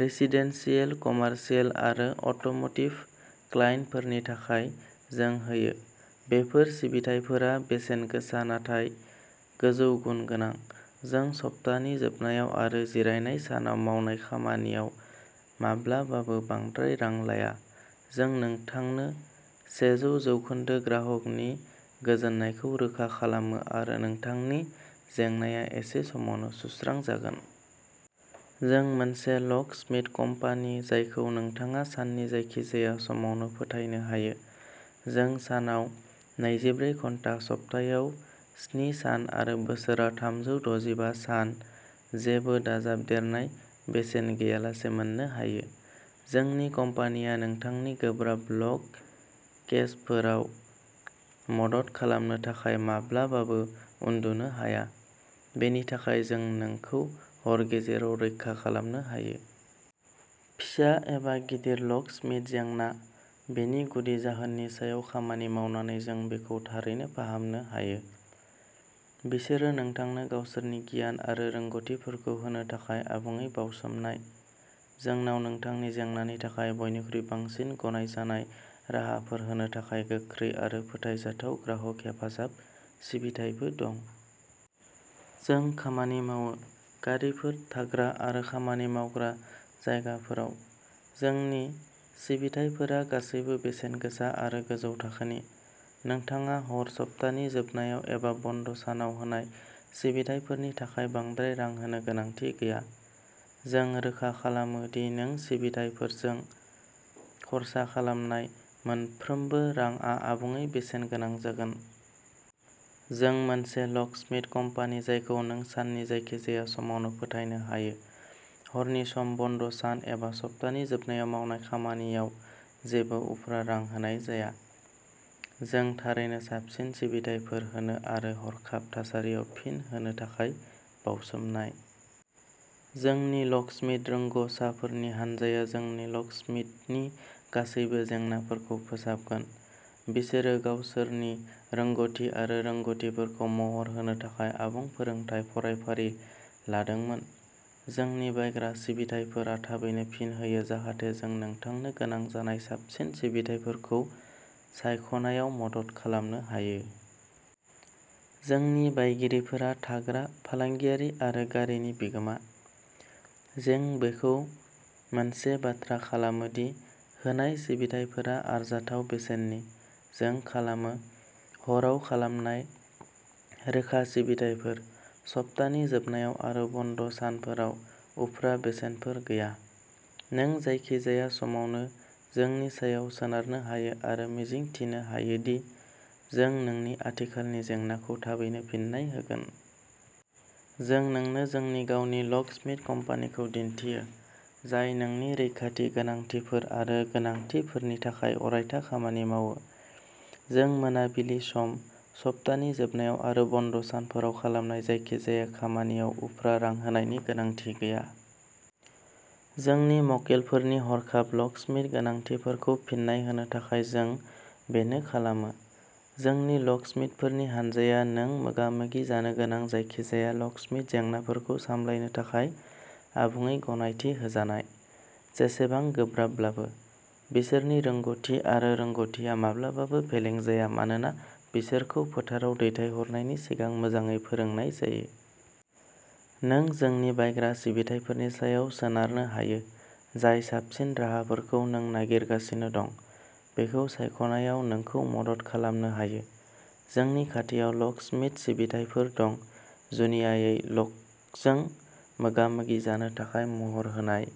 Residential, commercial आरो automotive क्लाइन्टफोरनि थाखाय जों होयो। बेफोर सिबिथाइफोरा बेसेनगोसा नाथाय गोजौ गुन गोनां। जों सप्तानि जोबनायाव आरो जिरायनाय सानाव मावनाय खामानियाव माब्लाबाबो बांद्राय रां लाया। जों नोंथांनो सेजौ जौखोन्दो ग्राहकनि गोजोननायखौ रोखा खालामो आरो नोंथांनि जेंनाया एसे समावनो सुस्रांजागोन। जों मोनसे लकस्मिथ कम्पानि जायखौ नोंथाङा साननि जायखिजाया समावनो फोथायनो हायो। जों सानाव नैजिब्रै घन्टा, सप्तायाव स्नि सान आरो बोसोराव थामजौ दजिबा सान जेबो दाजाबदेरनाय बेसेन गैयालासे मोननो हायो। जोंनि कम्पानिया नोंथांनि गोब्राब लक केसफोराव मदद खालामनो थाखाय माब्लाबाबो उन्दुनो हाया, बेनि थाखाय जों नोंखौ हर गेजेराव रैखा खालामनो हायो। फिसा एबा गिदिर लकस्मिथ जेंना बेनि गुदि जाहोननि सायाव खामानि मावनानै, जों बेखौ थारैनो फाहामनो हायो। बिसोरो नोंथांनो गावसोरनि गियान आरो रोंग'थिफोरखौ होनो थाखाय आबुङै बाउसोमनाय। जोंनाव नोंथांनि जेंनानि थाखाय बयनिख्रुइ बांसिन गनायजानाय राहाफोर होनो थाखाय गोख्रै आरो फोथायजाथाव ग्राहक हेफाजाब सिबिथाइबो दं। जों खामानि मावो। गारिफोर, थाग्रा आरो खामानि मावग्रा जायगाफोराव। जोंनि सिबिथाइफोरा गासैबो बेसेनगोसा आरो गोजौ थाखोनि। नोंथाङा हर, सप्तानि जोबनायाव एबा बन्द' सानाव होनाय सिबिथाइफोरनि थाखाय बांद्राय रां होनो गोनांथि गैया। जों रोखा खालामो दि नों सिबिथाइफोरजों खर्सा खालामनाय मोनफ्रोमबो रांआ आबुङै बेसेनगोनां जागोन। जों मोनसे लकस्मिथ कम्पानि जायखौ नों साननि जायखिजाया समावनो फोथायनो हायो। हरनि सम, बन्द' सान एबा सप्तानि जोबनायाव मावनाय खामानियाव जेबो उफ्रा रां होनाय जाया। जों थारैनो साबसिन सिबिथाइफोर होनो आरो हरखाब थासारियाव फिन होनो थाखाय बावसोमनाय। जोंनि लकस्मिथ रोंग'साफोरनि हानजाया नोंनि लकस्मिथनि गासैबो जेंनाफोरखौ फोसाबगोन। बिसोरो गावसोरनि रोंग'थि आरो रोंग'थिफोरखौ महर होनो थाखाय आबुं फोरोंथाय फरायफारि लादोंमोन। जोंनि बायग्रा सिबिथाइफोरा थाबैनो फिन होयो जाहाथे जों नोंथांनो गोनां जानाय साबसिन सिबिथाइफोरखौ सायख'नायाव मदद खालामनो हायो। जोंनि बायगिरिफोरा थाग्रा, फालांगियारि आरो गारिनि बिगोमा। जों बेखौ मोनसे बाथ्रा खालामो दि होनाय सिबिथाइफोरा आरजाथाव बेसेननि। जों खालामो। हरआव खालामनाय रोखा सिबिथाइफोर; सप्तानि जोबनायाव आरो बन्द' सानफोराव उफ्रा बेसेनफोर गैया। नों जायखिजाया समावनो जोंनि सायाव सोनारनो हायो आरो मिजिंथिनो हायो दि जों नोंनि आथिखालनि जेंनाखौ थाबैनो फिन्नाय होगोन। जों नोंनो जोंनि गावनि लकस्मिथ कम्पानिखौ दिन्थियो, जाय नोंनि रैखाथि गोनांथिफोर आरो गोनांथिफोरनि थाखाय अरायथा खामानि मावो। जों मोनाबिलि सम, सप्तानि जोबनायाव आरो बन्द' सानफोराव खालामनाय जायखिजाया खामानियाव उफ्रा रां होनायनि गोनांथि गैया। जोंनि मक्केलफोरनि हरखाब लकस्मिथ गोनांथिफोरखौ फिन्नाय होनो थाखाय जों बेनो खालामो। जोंनि लकस्मिथफोरनि हानजाया नों मोगा-मोगि जानो गोनां जायखिजाया लकस्मिथ जेंनाफोरखौ सामलायनो थाखाय आबुङै गनायथि होजानाय, जेसेबां गोब्राबब्लाबो। बिसोरनि रोंग'थि आरो रोंग'थिआ माब्लाबाबो फेलें जाया मानोना बिसोरखौ फोथाराव दैथायहरनायनि सिगां मोजाङै फोरोंनाय जायो। नों जोंनि बायग्रा सिबिथाइफोरनि सायाव सोनारनो हायो, जाय साबसिन राहाफोरखौ नों नागिरगासिनो दं बेखौ सायख'नायाव नोंखौ मदद खालामनो हायो। जोंनि खाथियाव लकस्मिथ सिबिथाइफोर दं, जुनियायै लकजों मोगा-मोगि जानो थाखाय महर होनाय।